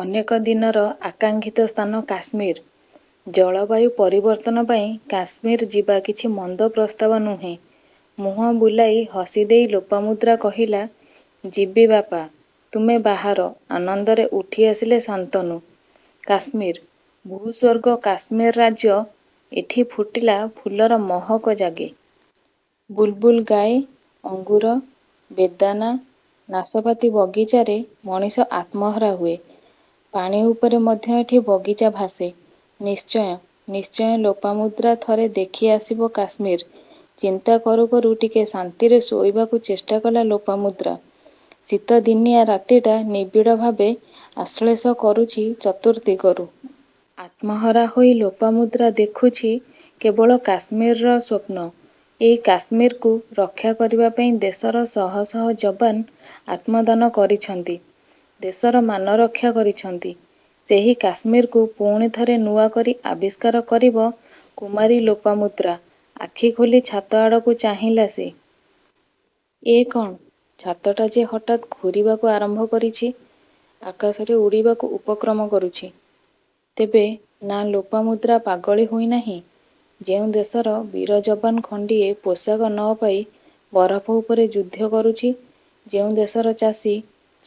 ଅନେକ ଦିନର ଆକାଂକ୍ଷିତ ସ୍ଥାନ କାଶ୍ମୀର। ଜଳବାୟୁ ପରିବର୍ତ୍ତନ ପାଇଁ କାଶ୍ମୀର ଯିବା କିଛି ମନ୍ଦ ପ୍ରସ୍ତାବ ନୁହେଁ ମୁହଁ ବୁଲାଇ ହସିଦେଇ ଲୋପାମୁଦ୍ରା କହିଲା-ଯିବି ବାପା! ତୁମେ ବାହାର ଆନନ୍ଦରେ ଉଠି ଆସିଲେ ଶାନ୍ତନୁ। କାଶ୍ମୀର। ଭୁସ୍ୱର୍ଗ କାଶ୍ମୀର ରାଜ୍ୟ। ଏଠି ଫୁଟିଲା ଫୁଲର ମହକ ଜାଗେ ବୁଲ୍ ବୁଲ୍ ଗାଏ। ଅଙ୍ଗୁର, ବେଦାନା, ନାସପାତି ବଗିଚାରେ ମଣିଷ ଆତ୍ମହରା ହୁଏ। ପାଣି ଉପରେ ମଧ୍ୟ ଏଠି ବଗିଚା ଭାସେ। ନିଶ୍ଚୟ ନିଶ୍ଚୟ ଲୋପାମୁଦ୍ରା ଥରେ ଦେଖି ଆସିବ କାଶ୍ମୀର। ଚିନ୍ତା କରୁ କରୁ ଟିକେ ଶାନ୍ତିରେ ଶୋଇବାକୁ ଚେଷ୍ଟାକଲା ଲୋପାମୁଦ୍ରା ଶୀତଦିନିଆଁ ରାତିଟା ନିବିଡ଼ ଭାବେ ଆଶ୍ଳେଷ କରୁଛି ଚତୁର୍ଦିଗରୁ। ଆତ୍ମହରା ହୋଇ ଲୋପାମୁଦ୍ରା ଦେଖୁଛି କେବଳ କାଶ୍ମୀରର ସ୍ୱପ୍ନ। ଏଇ କାଶ୍ମୀରକୁ ରକ୍ଷା କରିବାପାଇଁ ଦେଶର ଶହ ଶହ ଯବାନ୍ ଆତ୍ମଦାନ କରିଛନ୍ତି। ଦେଶର ମାନ ରକ୍ଷା କରିଛନ୍ତି। ସେହି କାଶ୍ମୀରକୁ ପୁଣି ଥରେ ନୂଆ କରି ଆବିଷ୍କାର କରିବ କୁମାରୀ ଲୋପାମୁଦ୍ରା ଆଖି ଖୋଲି ଛାତ ଆଡ଼କୁ ଚାହିଁଲା ସେ। ଏ କ'ଣ? ଛାତଟା ଯେ ହଠାତ୍ ଘୂରିବାକୁ ଆରମ୍ଭ କରିଛି। ଆକାଶରେ ଉଡ଼ିବାକୁ ଉପକ୍ରମ କରୁଛି। ତେବେ? ନାଁ ଲୋପାମୁଦ୍ରା ପାଗଳୀ ହୋଇନାହିଁ। ଯେଉଁ ଦେଶର ବୀର ଯବାନ୍ ଖଣ୍ଡିଏ ପୋଷାକ ନ ପାଇ ବରଫ ଉପରେ ଯୁଦ୍ଧ କରୁଛି ଯେଉଁ ଦେଶର ଚାଷୀ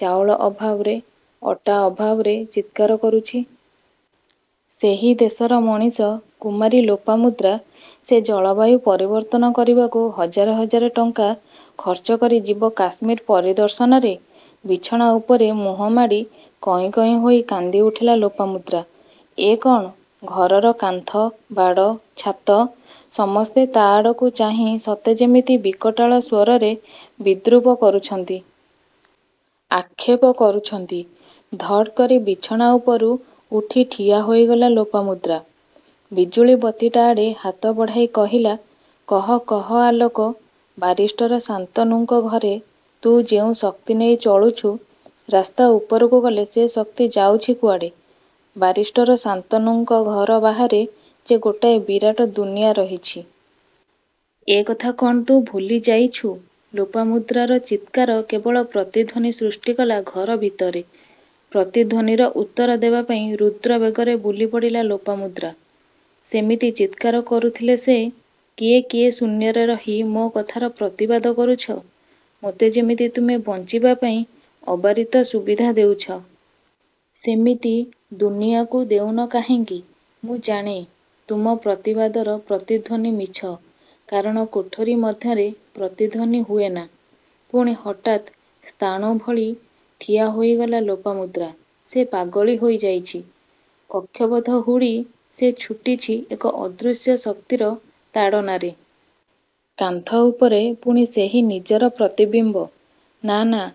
ଚାଉଳ ଅଭାବରେ, ଅଟା ଅଭାବରେ ଚିତ୍କାର କରୁଛି ସେହି ଦେଶର ମଣିଷ କୁମାରୀ ଲୋପାମୁଦ୍ରା ସେ ଜଳବାୟୁ ପରିବର୍ତ୍ତନ କରିବାକୁ ହଜାର ହଜାର ଟଙ୍କା ଖର୍ଚ୍ଚ କରି ଯିବ କାଶ୍ମୀର ପରିଦର୍ଶନରେ ବିଛଣା ଉପରେ ମୁହଁମାଡ଼ି କଇଁ କଇଁ ହୋଇ କାନ୍ଦି ଉଠିଲା ଲୋପାମୁଦ୍ରା। ଏ କ'ଣ? ଘରର କାନ୍ଥ, ବାଡ଼, ଛାତ ସମସ୍ତେ ତା' ଆଡ଼କୁ ଚାହିଁ ସତେ ଯେମିତି ବିକଟାଳ ସ୍ୱରରେ ବିଦ୍ରୂପ କରୁଛନ୍ତି। ଆକ୍ଷେପ କରୁଛନ୍ତି। ଧଡ଼୍କରି ବିଛଣା ଉପରୁ ଉଠି ଠିଆ ହୋଇଗଲା ଲୋପାମୁଦ୍ରା। ବିଜୁଳିବତୀଟା ଆଡ଼େ ହାତ ବଢ଼ାଇ କହିଲା-''କହ କହ ଆଲୋକ ବାରିଷ୍ଟର ଶାନ୍ତନୁଙ୍କ ଘରେ ତୁ ଯେଉଁ ଶକ୍ତି ନେଇ ଚଳୁଛୁ ରାସ୍ତା ଉପରକୁ ଗଲେ ସେ ଶକ୍ତି ଯାଉଛି କୁଆଡ଼େ? ବାରିଷ୍ଟର ଶାନ୍ତନୁଙ୍କ ଘର ବାହାରେ ଯେ ଗୋଟାଏ ବିରାଟ ଦୁନିଆଁ ରହିଛି.. ଏ କଥା କ'ଣ ତୁ ଭୁଲିଯାଇଛୁ? '' ଲୋପାମୁଦ୍ରାର ଚିତ୍କାର କେବଳ ପ୍ରତିଧ୍ୱନି ସୃଷ୍ଟିକଲା ଘର ଭିତରେ। ପ୍ରତିଧ୍ୱନିର ଉତ୍ତର ଦେବାପାଇଁ ରୁଦ୍ରବେଗରେ ବୁଲିପଡ଼ିଲା ଲୋପାମୁଦ୍ରା। ସେମିତି ଚିତ୍କାର କରୁଥିଲେ ସେ ''କିଏ କିଏ ଶୂନ୍ୟରେ ରହି ମୋ କଥାର ପ୍ରତିବାଦ କରୁଛ? ମୋତେ ଯେମିତି ତୁମେ ବଞ୍ଚିବା ପାଇଁ ଅବାରିତ ସୁବିଧା ଦେଉଛ ସେମିତି ଦୁନିଆଁକୁ ଦେଉନ କାହିଁକି? ମୁଁ ଜାଣେ.. ତୁମ ପ୍ରତିବାଦର ପ୍ରତିଧ୍ୱନି ମିଛ। କାରଣ କୋଠରୀ ମଧ୍ୟରେ ପ୍ରତିଧ୍ୱନି ହୁଏନା। '' ପୁଣି ହଠାତ୍ ସ୍ଥାଣୁ ଭଳି ଠିଆ ହୋଇଗଲା ଲୋପାମୁଦ୍ରା। ସେ ପାଗଳୀ ହୋଇ ଯାଇଛି.. କକ୍ଷପଥ ହୁଡ଼ି ସେ ଛୁଟିଛି ଏକ ଅଦୃଶ୍ୟ ଶକ୍ତିର ତାଡ଼ନାରେ। କାନ୍ଥ ଉପରେ ପୁଣି ସେହି ନିଜର ପ୍ରତିବିମ୍ବ। ନାଁ ନାଁ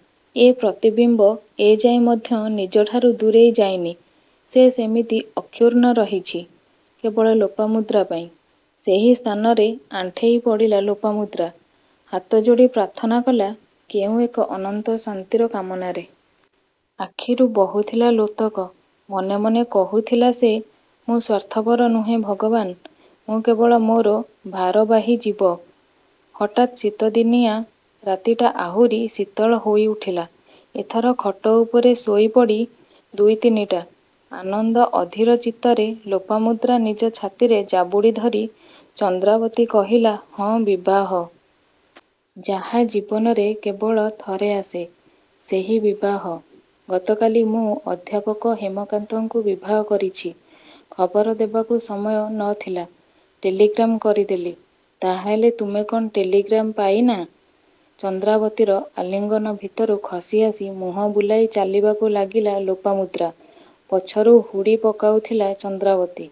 ଏ ପ୍ରତିବିମ୍ବ ଏଯାଏ ମଧ୍ୟ ନିଜଠାରୁ ଦୂରେଇ ଯାଇନି। ସେ ସେମିତି ଅକ୍ଷୁର୍ଣ୍ଣ ରହିଛି କେବଳ ଲୋପାମୁଦ୍ରା ପାଇଁ। ସେହି ସ୍ଥାନରେ ଆଣ୍ଠେଇ ପଡ଼ିଲା ଲୋପାମୁଦ୍ରା ହାତଯୋଡ଼ି ପ୍ରାର୍ଥନା କଲା କେଉଁ ଏକ ଅନନ୍ତ ଶାନ୍ତିର କାମନାରେ। ଆଖିରୁ ବହୁଥିଲା ଲୋତକ। ମନେ ମନେ କହୁଥିଲା ସେ-''ମୁଁ ସ୍ୱାର୍ଥପର ନୁହେଁ ଭଗବାନ୍-ମୁଁ କେବଳ ମୋର ଭାରବାହୀ ଜୀବ '' ହଠାତ୍ ଶୀତଦିନିଆଁ ରାତିଟା ଆହୁରି ଶୀତଳ ହୋଇଉଠିଲା। ଏଥର ଖଟଉପରେ ଶୋଇପଡ଼ି ଦୁଇ ତିନିଟା।? '' ଆନନ୍ଦ ଅଧୀର ଚିତ୍ତରେ ଲୋପାମୁଦ୍ରା ନିଜ ଛାତିରେ ଜାବୁଡ଼ି ଧରି ଚନ୍ଦ୍ରାବତୀ କହିଲା-''ହଁ ବିବାହ! ଯାହା ଜୀବନରେ କେବଳ ଥରେ ଆସେ-ସେହି ବିବାହ। ଗତ କାଲି ମୁଁ ଅଧ୍ୟାପକ ହେମକାନ୍ତଙ୍କୁ ବିବାହ କରିଛି। ଖବର ଦେବାକୁ ସମୟ ନ ଥିଲା। ଟେଲିଗ୍ରାମ କରିଦେଲି-। ତା'ହେଲେ ତୁମେ କ'ଣ ଟେଲିଗ୍ରାମ ପାଇନାଁ? '' ଚନ୍ଦ୍ରାବତୀର ଆଲିଙ୍ଗନ ଭିତରୁ ଖସି ଆସି ମୁହଁ ବୁଲାଇ ଚାଲିବାକୁ ଲାଗିଲା ଲୋପାମୁଦ୍ରା ପଛରୁ ହୁଡ଼ି ପକାଉଥିଲା ଚନ୍ଦ୍ରାବତୀ.